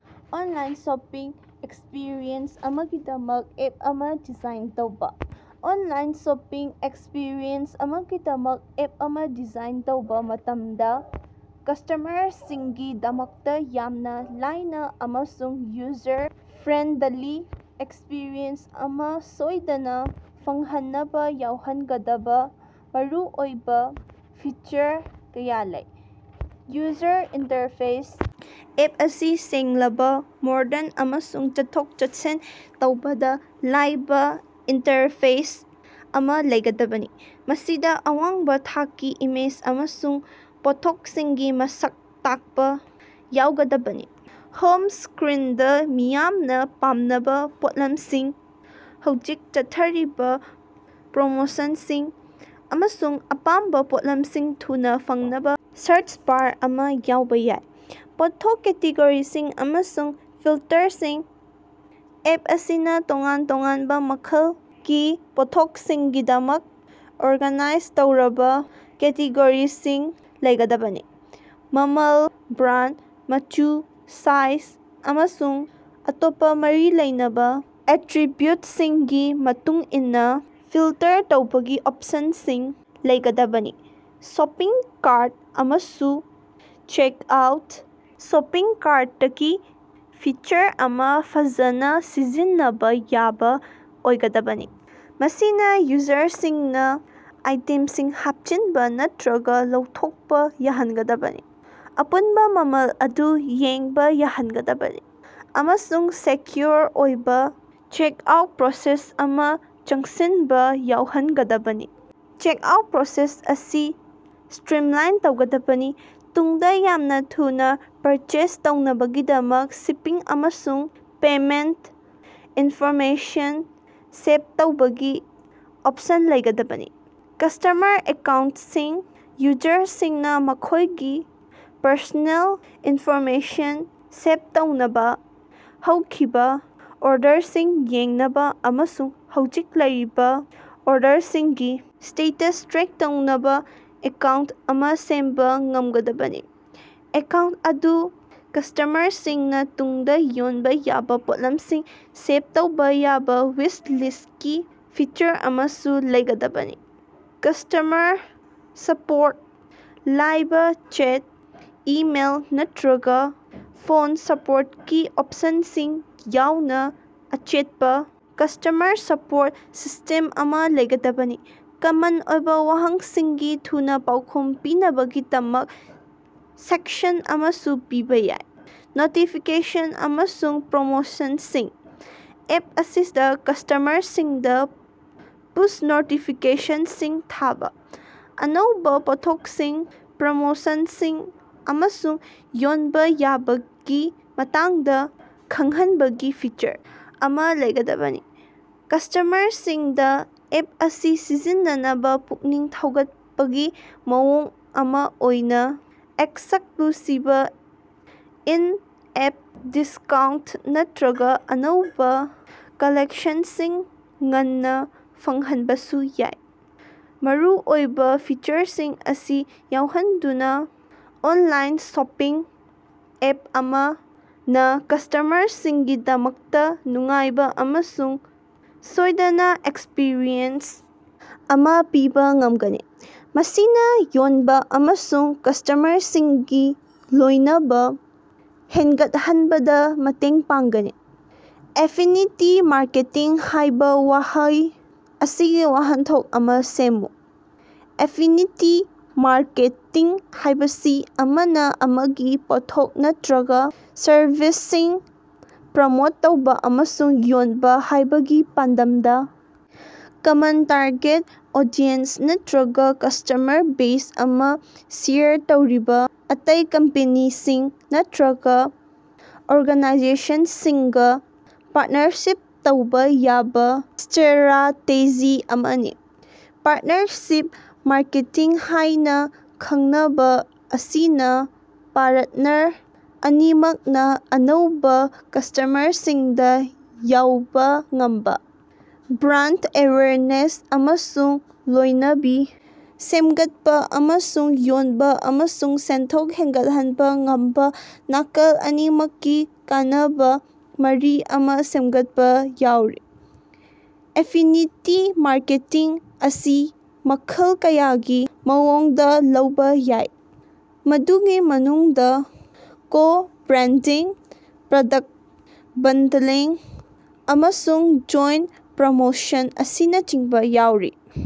Online shopping experience ꯑꯃꯒꯤꯗꯃꯛ app ꯑꯃ design ꯇꯧꯕ꯫ ꯑꯣꯟꯂꯥꯏꯟ ꯁꯣꯄꯤꯡ ꯑꯦꯛꯁꯄꯤꯔꯤꯑꯦꯟꯁ ꯑꯃꯒꯤꯗꯃꯛ ꯑꯦꯞ ꯑꯃ ꯗꯤꯖꯥꯏꯟ ꯇꯧꯕꯥ ꯃꯇꯝꯗ, ꯀꯁ꯭ꯇꯃꯔꯒꯤꯗꯃꯛꯇ ꯌꯥꯝꯅ ꯂꯥꯏꯅ ꯑꯃꯁꯨꯡ ꯌꯨꯖꯔ-ꯐ꯭ꯔꯦꯟꯗꯂꯤ ꯑꯦꯛꯁꯄꯤꯔꯤꯑꯦꯟꯁ ꯑꯃ ꯁꯣꯏꯗꯅ ꯐꯪꯍꯟꯅꯕ ꯌꯥꯎꯍꯟꯒꯗꯕ ꯃꯔꯨꯑꯣꯏꯕ ꯐꯤꯆꯔ ꯀꯌꯥ ꯂꯩ꯫ ꯌꯨꯖꯔ ꯏꯟꯇꯔꯐꯦꯁ: ꯑꯦꯞ ꯑꯁꯤ ꯁꯦꯡꯂꯕ, ꯃꯣꯗꯔꯟ ꯑꯃꯁꯨꯡ ꯆꯠꯊꯣꯛ-ꯆꯠꯁꯤꯟ ꯇꯧꯕꯗ ꯂꯥꯏꯕ ꯏꯟꯇꯔꯐꯦꯁ ꯑꯃ ꯂꯩꯒꯗꯕꯅꯤ, ꯃꯁꯤꯗ ꯑꯋꯥꯡꯕ ꯊꯥꯛꯀꯤ ꯏꯃꯦꯖ ꯑꯃꯁꯨꯡ ꯄꯣꯠꯊꯣꯛꯁꯤꯡꯒꯤ ꯃꯁꯛ ꯇꯥꯛꯄ ꯌꯥꯎꯒꯗꯕꯅꯤ꯫ ꯍꯣꯝ ꯁ꯭ꯀꯔꯤꯟꯗ ꯃꯤꯌꯥꯝꯅ ꯄꯥꯝꯅꯕ ꯄꯣꯠꯂꯃꯁꯤꯡ, ꯍꯧꯖꯤꯛ ꯆꯠꯊꯔꯤꯕ ꯄ꯭ꯔꯣꯃꯣꯁꯟꯁꯤꯡ, ꯑꯃꯁꯨꯡ ꯑꯄꯥꯝꯕ ꯄꯣꯠꯂꯝꯁꯤꯡ ꯊꯨꯅ ꯐꯪꯅꯕ ꯁꯥꯔꯆ ꯕꯥꯔ ꯑꯃ ꯌꯥꯎꯕ ꯌꯥꯏ꯫ ꯄꯣꯠꯊꯣꯛ ꯀꯦꯇꯦꯒꯣꯔꯤꯁꯤꯡ ꯑꯃꯁꯨꯡ ꯐꯤꯜꯇꯔꯁꯤꯡ: ꯑꯦꯞ ꯑꯁꯤꯅ ꯇꯣꯉꯥꯟ ꯇꯣꯉꯥꯟꯕ ꯃꯈꯜꯒꯤ ꯄꯣꯠꯊꯣꯛꯁꯤꯡꯒꯤꯗꯃꯛ ꯑꯣꯔꯒꯅꯥꯏꯖ ꯇꯧꯔꯕ ꯀꯦꯇꯦꯒꯣꯔꯤꯁꯤꯡ ꯂꯩꯒꯗꯕꯅꯤ, ꯃꯃꯜ, ꯕ꯭ꯔꯥꯟꯗ, ꯃꯆꯨ, ꯁꯥꯏꯖ, ꯑꯃꯁꯨꯡ ꯑꯇꯣꯞꯄ ꯃꯔꯤ ꯂꯩꯅꯕ ꯑꯦꯇ꯭ꯔꯤꯕ꯭ꯌꯨꯠꯁꯤꯡꯒꯤ ꯃꯇꯨꯡ ꯏꯟꯅ ꯐꯤꯜꯇꯔ ꯇꯧꯕꯒꯤ ꯑꯣꯞꯁꯟꯁꯤꯡ ꯂꯩꯒꯗꯕꯅꯤ꯫ ꯁꯣꯄꯤꯡ ꯀꯥꯔꯠ ꯑꯃꯁꯨꯡ ꯆꯦꯛꯑꯥꯎꯠ: ꯁꯣꯄꯤꯡ ꯀꯥꯔꯇꯀꯤ ꯐꯤꯆꯔ ꯑꯃ ꯐꯖꯅ ꯁꯤꯖꯤꯟꯅꯕ ꯌꯥꯕ ꯑꯣꯏꯒꯗꯕꯅꯤ, ꯃꯁꯤꯅ ꯌꯨꯖꯔꯁꯤꯡꯅ ꯑꯥꯏꯇꯦꯝꯁꯤꯡ ꯍꯥꯞꯆꯤꯟꯕ ꯅꯠꯇ꯭ꯔꯒ ꯂꯧꯊꯣꯛꯄ ꯌꯥꯍꯟꯒꯗꯕꯅꯤ, ꯑꯄꯨꯟꯕ ꯃꯃꯜ ꯑꯗꯨ ꯌꯦꯡꯕ ꯌꯥꯍꯟꯒꯗꯕꯅꯤ ꯑꯃꯁꯨꯡ ꯁꯦꯀ꯭ꯌꯨꯑꯣꯔ ꯑꯣꯏꯕ ꯆꯦꯛꯑꯥꯎꯠ ꯄ꯭ꯔꯣꯁꯦꯁ ꯑꯃꯗ ꯆꯪꯁꯤꯟꯕ ꯌꯥꯎꯍꯟꯒꯗꯕꯅꯤ꯫ ꯆꯦꯛꯑꯥꯎꯠ ꯄ꯭ꯔꯣꯁꯦꯁ ꯑꯁꯤ ꯁ꯭ꯇꯔꯤꯝꯂꯥꯏꯟ ꯇꯧꯒꯗꯕꯅꯤ, ꯇꯨꯡꯗ ꯌꯥꯝꯅ ꯊꯨꯅ ꯄꯔꯆꯦꯖ ꯇꯧꯅꯕꯒꯤꯗꯃꯛ ꯁꯤꯄꯤꯡ ꯑꯃꯁꯨꯡ ꯄꯦꯃꯦꯟꯇ ꯏꯟꯐꯣꯔꯃꯦꯁꯟ ꯁꯦꯚ ꯇꯧꯕꯒꯤ ꯑꯣꯞꯁꯟ ꯂꯩꯒꯗꯕꯅꯤ꯫ ꯀꯁ꯭ꯇꯃꯔ ꯑꯦꯀꯥꯎꯟꯇꯁꯤꯡ: ꯌꯨꯖꯔꯁꯤꯡꯅ ꯃꯈꯣꯏꯒꯤ ꯄꯔꯁꯣꯅꯦꯜ ꯏꯟꯐꯣꯔꯃꯦꯁꯟ ꯁꯦꯚ ꯇꯧꯅꯕ, ꯍꯧꯈꯤꯕ ꯑꯣꯔꯗꯔꯁꯤꯡ ꯌꯦꯡꯅꯕ ꯑꯃꯁꯨꯡ ꯍꯧꯖꯤꯛ ꯂꯩꯔꯤꯕ ꯑꯣꯔꯗꯔꯁꯤꯡꯒꯤ ꯁ꯭ꯇꯦꯇꯁ ꯇ꯭ꯔꯦꯛ ꯇꯧꯅꯕ ꯑꯦꯀꯥꯎꯟꯇ ꯑꯃ ꯁꯦꯝꯕ ꯉꯝꯒꯗꯕꯅꯤ꯫ ꯑꯦꯀꯥꯎꯟꯇ ꯑꯗꯨꯗ ꯀꯁ꯭ꯇꯃꯔꯁꯤꯡꯅ ꯇꯨꯡꯗ ꯌꯣꯟꯕ ꯌꯥꯕ ꯄꯣꯠꯂꯝꯁꯤꯡ ꯁꯦꯚ ꯇꯧꯕ ꯌꯥꯕ ꯋꯤꯁ ꯂꯤꯁ꯭ꯇꯀꯤ ꯐꯤꯆꯔ ꯑꯃꯁꯨ ꯂꯩꯒꯗꯕꯅꯤ꯫ ꯀꯁ꯭ꯇꯃꯔ ꯁꯄꯣꯔꯠ: ꯂꯥꯏꯕ ꯆꯦꯠ, ꯏꯃꯦꯏꯜ, ꯅꯠꯇ꯭ꯔꯒ ꯐꯣꯟ ꯁꯄꯣꯔꯇꯀꯤ ꯑꯣꯞꯁꯟꯁꯤꯡ ꯌꯥꯎꯅ ꯑꯆꯦꯠꯄ ꯀꯁ꯭ꯇꯃꯔ ꯁꯄꯣꯔꯠ ꯁꯤꯁ꯭ꯇꯦꯝ ꯑꯃ ꯂꯩꯒꯗꯕꯅꯤ꯫ ꯀꯃꯟ ꯑꯣꯏꯕ ꯋꯥꯍꯪꯁꯤꯡꯒꯤ ꯊꯨꯅ ꯄꯥꯎꯈꯨꯝ ꯄꯤꯅꯕꯒꯤꯗꯃꯛ ꯁꯦꯛꯁꯟ ꯑꯃꯁꯨ ꯄꯤꯕ ꯌꯥꯏ꯫ ꯅꯣꯇꯤꯐꯤꯀꯦꯁꯟ ꯑꯃꯁꯨꯡ ꯄ꯭ꯔꯣꯃꯣꯁꯟꯁꯤꯡ: ꯑꯦꯞ ꯑꯁꯤꯗ ꯀꯁ꯭ꯇꯃꯔꯁꯤꯡꯗ ꯄꯨꯁ ꯅꯣꯇꯤꯐꯤꯀꯦꯁꯟꯁꯤꯡ ꯊꯥꯕ, ꯑꯅꯧꯕ ꯄꯣꯠꯊꯣꯛꯁꯤꯡ, ꯄ꯭ꯔꯃꯣꯁꯟꯁꯤꯡ, ꯑꯃꯁꯨꯡ ꯌꯣꯟꯕ ꯌꯥꯕꯒꯤ ꯃꯇꯥꯡꯗ ꯈꯪꯍꯟꯕꯒꯤ ꯐꯤꯆꯔ ꯑꯃ ꯂꯩꯒꯗꯕꯅꯤ꯫ ꯀꯁ꯭ꯇꯃꯔꯁꯤꯡꯗ ꯑꯦꯞ ꯑꯁꯤ ꯁꯤꯖꯤꯟꯅꯅꯕ ꯄꯨꯛꯅꯤꯡ ꯊꯧꯒꯠꯄꯒꯤ ꯃꯑꯣꯡ ꯑꯃ ꯑꯣꯏꯅ ꯑꯦꯛꯁꯛꯂꯨꯁꯤꯕ ꯏꯟ-ꯑꯦꯞ ꯗꯤꯁꯀꯥꯎꯟꯇ ꯅꯠꯇ꯭ꯔꯒ ꯑꯅꯧꯕ ꯀꯂꯦꯛꯁꯟꯁꯤꯡ ꯉꯟꯅ ꯐꯪꯍꯟꯕꯁꯨ ꯌꯥꯏ꯫ ꯃꯔꯨꯑꯣꯏꯕ ꯐꯤꯆꯔꯁꯤꯡ ꯑꯁꯤ ꯌꯥꯎꯍꯟꯗꯨꯅ ꯑꯣꯅꯂꯥꯏꯟ ꯁꯣꯄꯤꯡ ꯑꯦꯞ ꯑꯃꯅ ꯀꯁ꯭ꯇꯃꯔꯁꯤꯡꯒꯤꯗꯃꯛꯇ ꯅꯨꯡꯉꯥꯏꯕ ꯑꯃꯁꯨꯡ ꯁꯣꯏꯗꯅ ꯑꯦꯛꯁꯄꯔꯤꯌꯦꯟꯁ ꯑꯃ ꯄꯤꯕ ꯉꯝꯒꯅꯤ, ꯃꯁꯤꯅꯥ ꯌꯣꯟꯕ ꯑꯃꯁꯨꯡ ꯀꯁ꯭ꯇꯃꯔꯁꯤꯡꯒꯤ ꯂꯣꯏꯅꯕ ꯍꯦꯟꯒꯠꯍꯟꯕꯗ ꯃꯇꯦꯡ ꯄꯥꯡꯒꯅꯤ꯫ ꯑꯦꯐꯤꯅꯤꯇꯤ ꯃꯥꯔꯀꯦꯇꯤꯡ ꯍꯥꯏꯕ ꯋꯥꯍꯩ ꯑꯁꯤꯒꯤ ꯋꯥꯍꯟꯊꯣꯛ ꯑꯃ ꯁꯦꯝꯃꯨ꯫ ꯑꯦꯐꯤꯅꯤꯇꯤ ꯃꯥꯔꯀꯦꯇꯤꯡ ꯍꯥꯏꯕꯁꯤ ꯑꯃꯅ ꯑꯃꯒꯤ ꯄꯣꯠꯊꯣꯛ ꯅꯠꯇ꯭ꯔꯒ ꯁꯔꯚꯤꯁꯁꯤꯡ ꯄ꯭ꯔꯃꯣꯠ ꯇꯧꯕ ꯑꯃꯁꯨꯡ ꯌꯣꯟꯕ ꯌꯥꯕꯒꯤ ꯄꯥꯟꯗꯝꯗ ꯀꯃꯟ ꯇꯥꯔꯒꯦꯠ ꯑꯣꯗꯤꯑꯦꯟꯁ ꯅꯠꯇ꯭ꯔꯒ ꯀꯁ꯭ꯇꯃꯔ ꯕꯦꯖ ꯑꯃ ꯁꯦꯌꯔ ꯇꯧꯔꯤꯕ ꯑꯇꯩ ꯀꯝꯄꯅꯤꯁꯤꯡ ꯅꯠꯇ꯭ꯔꯒ ꯑꯣꯔꯒꯥꯅꯥꯏꯖꯦꯁꯟꯁꯤꯡꯒ ꯄꯥꯔꯠꯅꯔꯁꯤꯞ ꯇꯧꯕ ꯌꯥꯕ ꯁ꯭ꯇꯔꯥꯇꯦꯖꯤ ꯑꯃꯅꯤ꯫ ꯄꯥꯔꯇꯅꯔꯁꯤꯞ ꯃꯥꯔꯀꯦꯇꯤꯡ ꯍꯥꯏꯅ ꯈꯪꯅꯕ ꯑꯁꯤꯅ ꯄꯥꯔꯠꯅꯔ ꯑꯅꯤꯃꯛꯅ ꯑꯅꯧꯕ ꯀꯁ꯭ꯇꯃꯔꯁꯤꯡꯗ ꯌꯧꯕ ꯉꯝꯕ, ꯕ꯭ꯔꯥꯟꯗ ꯑꯦꯋꯦꯌꯔꯅꯦꯁ ꯑꯃꯁꯨꯡ ꯂꯣꯏꯅꯕꯤ ꯁꯦꯝꯒꯠꯄ, ꯑꯃꯁꯨꯡ ꯌꯣꯟꯕ ꯑꯃꯁꯨꯡ ꯁꯦꯟꯊꯣꯛ ꯍꯦꯟꯒꯠꯍꯟꯕ ꯉꯝꯕ ꯅꯥꯀꯜ ꯑꯅꯤꯃꯛꯀꯤ ꯀꯥꯟꯅꯕ ꯃꯔꯤ ꯑꯃ ꯁꯦꯝꯒꯠꯄ ꯌꯥꯎꯔꯤ꯫ ꯑꯦꯐꯤꯅꯤꯇꯤ ꯃꯥꯔꯀꯦꯇꯤꯡ ꯑꯁꯤ ꯃꯈꯜ ꯀꯌꯥꯒꯤ ꯃꯑꯣꯡꯗ ꯂꯧꯕ ꯌꯥꯏ, ꯃꯗꯨꯒꯤ ꯃꯅꯨꯡꯗ ꯀꯣ-ꯕ꯭ꯔꯦꯟꯗꯤꯡ, ꯄ꯭ꯔꯗꯛꯇ ꯕꯟꯗꯂꯤꯡ, ꯑꯃꯁꯨꯡ ꯖꯣꯏꯟꯇ ꯄ꯭ꯔꯃꯣꯁꯟ ꯑꯁꯤꯅꯆꯤꯡꯕ ꯌꯥꯎꯔꯤ꯫